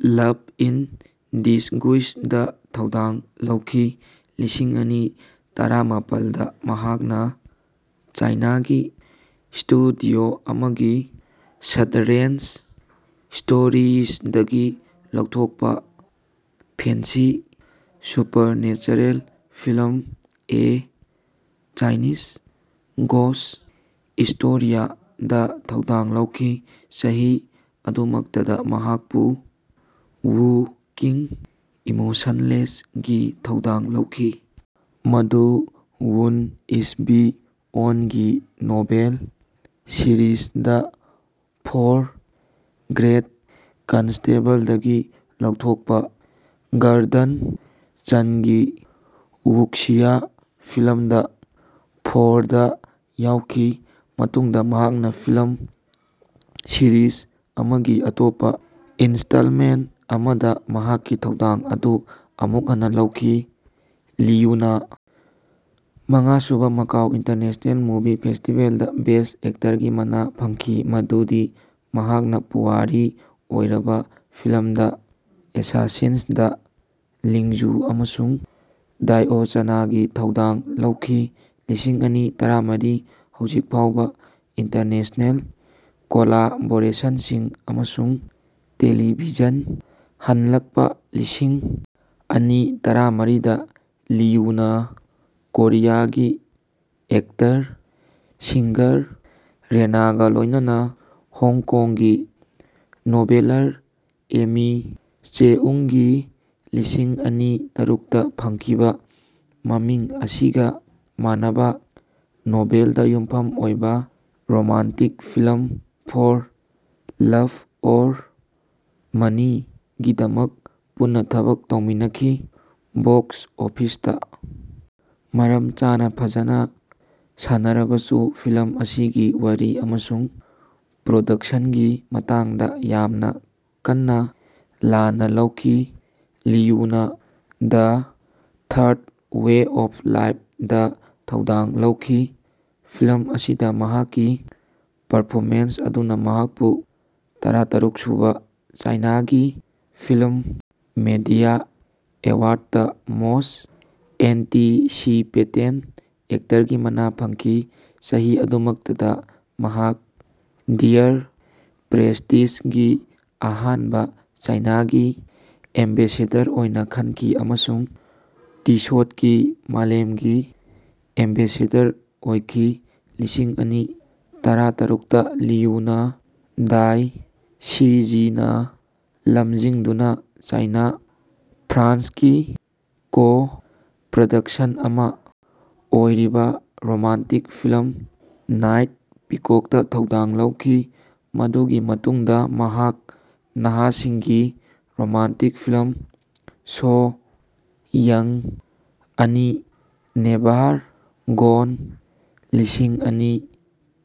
Love in disguise ꯗꯥ ꯊꯧꯗꯥꯡ ꯂꯧꯈꯤ꯫ꯂꯤꯁꯤꯡ ꯑꯅꯤ ꯇꯔꯥꯃꯥꯄꯜꯗꯥ ꯃꯍꯥꯛꯅ ꯆꯥꯏꯅꯥꯒꯤ ꯁ꯭ꯇꯨꯗꯤꯑꯣ ꯑꯃꯗꯒꯤ ꯁ꯭ꯠꯔꯦꯟꯖ ꯁ꯭ꯇꯣꯔꯤꯖꯗꯒꯤ ꯂꯧꯊꯣꯛꯄ fantasy supernatural film a Chinese ghost ꯁ꯭ꯇꯣꯔꯤꯗꯥ ꯊꯧꯗꯥꯡ ꯂꯧꯈꯤ꯫ ꯆꯍꯤ ꯑꯗꯨꯃꯛꯇꯗꯥ ꯃꯍꯥꯛꯄꯨ ꯋꯨ ꯀꯤꯡ (ꯏꯃꯣꯁꯟꯂꯦꯁ) ꯒꯤ ꯊꯧꯗꯥꯡ ꯂꯧꯈꯤ, ꯃꯗꯨ ꯋꯨꯟ ꯁ꯭ꯕꯤ ꯑꯣꯟꯒꯤ novel series the four great ꯀꯟꯁꯇꯦꯕꯜꯗꯒꯤ ꯂꯧꯊꯣꯛꯄꯥ ꯒꯔꯗꯟ ꯆꯟꯒꯤ ꯋꯨꯛꯁꯤꯌꯥ ꯐꯤꯜꯝ ꯗ ꯐꯣꯔꯗꯥ ꯌꯥꯎꯈꯤ꯫ ꯃꯇꯨꯡꯗꯥ ꯃꯍꯥꯛꯅ ꯐꯤꯜꯝ ꯁꯤꯔꯤꯖ ꯑꯁꯤꯒꯤ ꯑꯇꯣꯞꯄ ꯏꯟ꯭ꯁꯇꯥꯜꯃꯦꯟꯠ ꯑꯅꯤꯗꯥ ꯃꯍꯥꯛꯀꯤ ꯊꯧꯗꯥꯡ ꯑꯗꯨ ꯑꯃꯨꯛ ꯍꯟꯅ ꯂꯧꯈꯤ꯫ ꯂꯤꯌꯨꯅ ꯃꯉꯥꯁꯨꯕ ꯃꯥꯀꯥꯎ ꯏꯟꯇꯔꯅꯦꯁ꯭ꯅꯦꯜ ꯃꯨꯚꯤ ꯐꯦꯁ꯭ꯇꯤꯕꯦꯜꯗꯥ ꯕꯦꯁ꯭ꯠ ꯑꯦꯛꯇꯔꯒꯤ ꯃꯅꯥ ꯐꯪꯈꯤ ꯃꯗꯨꯗꯤ ꯃꯍꯥꯛꯅ ꯄꯨꯋꯥꯔꯤ ꯑꯣꯏꯔꯕ ꯐꯤꯜꯝ ꯗ ꯑꯦꯁꯥꯁꯤꯟꯁ ꯗꯥ ꯂꯤꯡꯖꯨ ꯑꯃꯁꯨꯡ ꯗꯥꯏꯑꯣꯆꯥꯅꯒꯤ ꯊꯧꯗꯥꯡ ꯂꯧꯈꯤ꯫ ꯂꯤꯁꯤꯡ ꯑꯅꯤ ꯇꯔꯥꯃꯔꯤ ꯍꯧꯖꯤꯛ ꯐꯥꯎꯕ ꯏꯟꯇꯔꯅꯦꯁ꯭ꯅꯦꯜ ꯀꯣꯂꯥꯕꯣꯔꯦꯁꯟꯁꯤꯡ ꯑꯃꯁꯨꯡ ꯇꯦꯂꯤꯚꯤꯖꯟ ꯍꯟꯂꯛꯄ ꯂꯤꯁꯤꯡ ꯑꯅꯤ ꯇꯔꯥꯃꯔꯤꯗꯥ ꯂꯤꯌꯨꯅ ꯀꯣꯔꯤꯌꯥꯒꯤ ꯑꯦꯛꯇꯔ-ꯁꯤꯉ꯭ꯒꯔ ꯔꯦꯅꯒꯥ ꯂꯣꯏꯅꯅ ꯍꯣꯡꯀꯣꯡꯒꯤ ꯅꯣꯚꯦꯂꯔ ꯑꯦꯃꯤ ꯆꯦꯎꯪꯒꯤ ꯂꯤꯁꯤꯡ ꯑꯅꯤ ꯇꯔꯨꯛꯇꯥ ꯐꯣꯡꯈꯤꯕꯥ ꯃꯃꯤꯡ ꯑꯁꯤꯒꯥ ꯃꯥꯟꯅꯕ ꯅꯣꯚꯦꯜꯗꯥ ꯌꯨꯝꯐꯝ ꯑꯣꯏꯕ romantic film for love or money ꯒꯤꯗꯃꯛ ꯄꯨꯟꯅ ꯊꯕꯛ ꯇꯧꯃꯤꯟꯅꯈꯤ꯫ ꯕꯣꯛꯁ ꯑꯣꯐꯤꯁꯇꯥ ꯃꯔꯝ ꯆꯥꯅꯥ ꯐꯖꯅ ꯁꯥꯟꯅꯔꯕꯁꯨ ꯐꯤꯜꯝ ꯑꯁꯤꯒꯤ ꯋꯥꯔꯤ ꯑꯃꯁꯨꯡ ꯄ꯭ꯔꯣꯗꯛꯁꯟꯒꯤ ꯃꯇꯥꯡꯗꯥ ꯌꯥꯝꯅ ꯀꯟꯅ ꯂꯥꯟꯅ ꯂꯧꯈꯤ꯫ ꯂꯤꯌꯨꯅꯥ the third way of love ꯗꯥ ꯊꯧꯗꯥꯡ ꯂꯧꯈꯤ꯫ ꯐꯤꯜꯝ ꯑꯁꯤꯗꯥ ꯃꯍꯥꯛꯀꯤ ꯄꯔꯐꯣꯃꯦꯟꯁ ꯑꯗꯨꯅꯥ ꯃꯍꯥꯛꯄꯨ ꯇꯔꯥꯇꯔꯨꯛ ꯁꯨꯕꯥ ꯆꯥꯏꯅꯥꯒꯤ ꯐꯤꯜꯝ ꯃꯤꯗꯤꯌꯥ ꯑꯦꯋꯥꯔꯗꯇꯥ ꯃꯣꯁ꯭ꯠ ꯑꯦꯟꯇꯤꯁꯤꯄꯦꯇꯦꯗ ꯑꯦꯛꯇꯔꯒꯤ ꯃꯅꯥ ꯐꯪꯈꯤ꯫ ꯆꯍꯤ ꯑꯗꯨꯃꯛꯇꯗꯥ ꯃꯍꯥꯛ ꯗꯤꯌꯔ ꯄ꯭ꯔꯦꯁ꯭ꯇꯤꯖꯒꯤ ꯑꯍꯥꯟꯕ ꯆꯥꯏꯅꯥꯒꯤ ꯑꯦꯝꯕꯦꯁꯦꯗꯔ ꯑꯣꯏꯅꯥ ꯈꯟꯈꯤ ꯑꯃꯁꯨꯡ ꯇꯤꯁꯣꯠꯀꯤ ꯃꯥꯂꯦꯝꯒꯤ ꯑꯦꯝꯕꯦꯁꯦꯗꯔ ꯑꯣꯏꯈꯤ꯫ ꯂꯤꯁꯤꯡ ꯑꯅꯤ ꯇꯔꯥꯇꯔꯨꯛꯇꯥ ꯂꯤꯌꯨꯅꯥ ꯗꯥꯏ ꯁꯤꯖꯤꯅꯥ ꯂꯝꯖꯤꯡꯗꯨꯅꯥ ꯆꯥꯏꯅꯥ -ꯐ꯭ꯔꯥꯟꯁꯀꯤ ꯀꯣ-ꯄ꯭ꯔꯗꯛꯁꯟ ꯑꯃꯥ ꯑꯣꯏꯔꯤꯕ ꯔꯣꯃꯥꯟꯇꯤꯛ ꯐꯤꯜꯝ ꯅꯥꯏꯠ ꯄꯤꯀꯣꯛꯇꯥ ꯊꯧꯗꯥꯡ ꯂꯧꯈꯤ꯫ ꯃꯗꯨꯒꯤ ꯃꯇꯨꯡꯗꯥ ꯃꯍꯥꯛ ꯅꯍꯥꯁꯤꯡꯒꯤ ꯔꯣꯃꯥꯟꯇꯤꯛ ꯐꯤꯜꯝ ꯁꯣ ꯌꯪ ꯑꯅꯤ: ꯅꯦꯚꯥꯔ ꯒꯣꯟ꯫ ꯂꯤꯁꯤꯡ ꯑꯅꯤ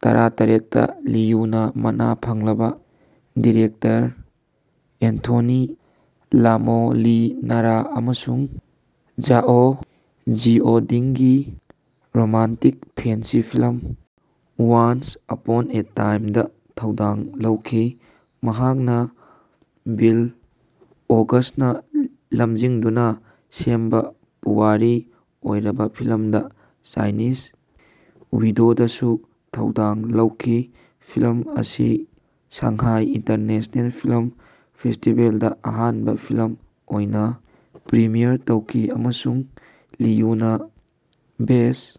ꯇꯔꯥꯇꯔꯦꯠꯇꯥ ꯂꯤꯌꯨꯅꯥ ꯃꯅꯥ ꯐꯪꯂꯕ ꯗꯤꯔꯦꯛꯇꯔ ꯑꯦꯟꯊꯣꯅꯤ ꯂꯥꯃꯣꯂꯤꯅꯥꯔꯥ ꯑꯃꯁꯨꯡ ꯓꯥꯑꯣ ꯖꯤꯑꯣꯗꯤꯡꯒꯤ romantic fantasy film once upon a ꯇꯥꯏꯝꯗꯥ ꯊꯧꯗꯥꯡ ꯂꯧꯈꯤ꯫ ꯃꯍꯥꯛꯅ ꯕꯤꯜ ꯑꯣꯒꯁ꯭ꯇꯅꯥ ꯂꯝꯖꯤꯡꯗꯨꯅꯥ ꯁꯦꯝꯕꯥ ꯄꯨꯋꯥꯔꯤ ꯑꯣꯏꯔꯕ ꯐꯤꯜꯝ ꯗ ꯆꯥꯏꯅꯤꯖ ꯋꯤꯗꯣꯗꯥꯁꯨ ꯊꯧꯗꯥꯡ ꯂꯧꯈꯤ꯫ ꯐꯤꯜꯝ ꯑꯁꯤ ꯁꯥꯡꯍꯥꯏ ꯏꯟꯇꯔꯅꯦꯁ꯭ꯅꯦꯜ ꯐꯤꯜꯝ ꯐꯦꯁ꯭ꯇꯤꯕꯦꯜꯗꯥ ꯑꯍꯥꯟꯕ ꯐꯤꯜꯝ ꯑꯣꯏꯅꯥ ꯄ꯭ꯔꯤꯃꯤꯌꯔ ꯇꯧꯈꯤ, ꯑꯃꯁꯨꯡ ꯂꯤꯌꯨꯅꯥ ꯕꯦꯁ꯭ꯠ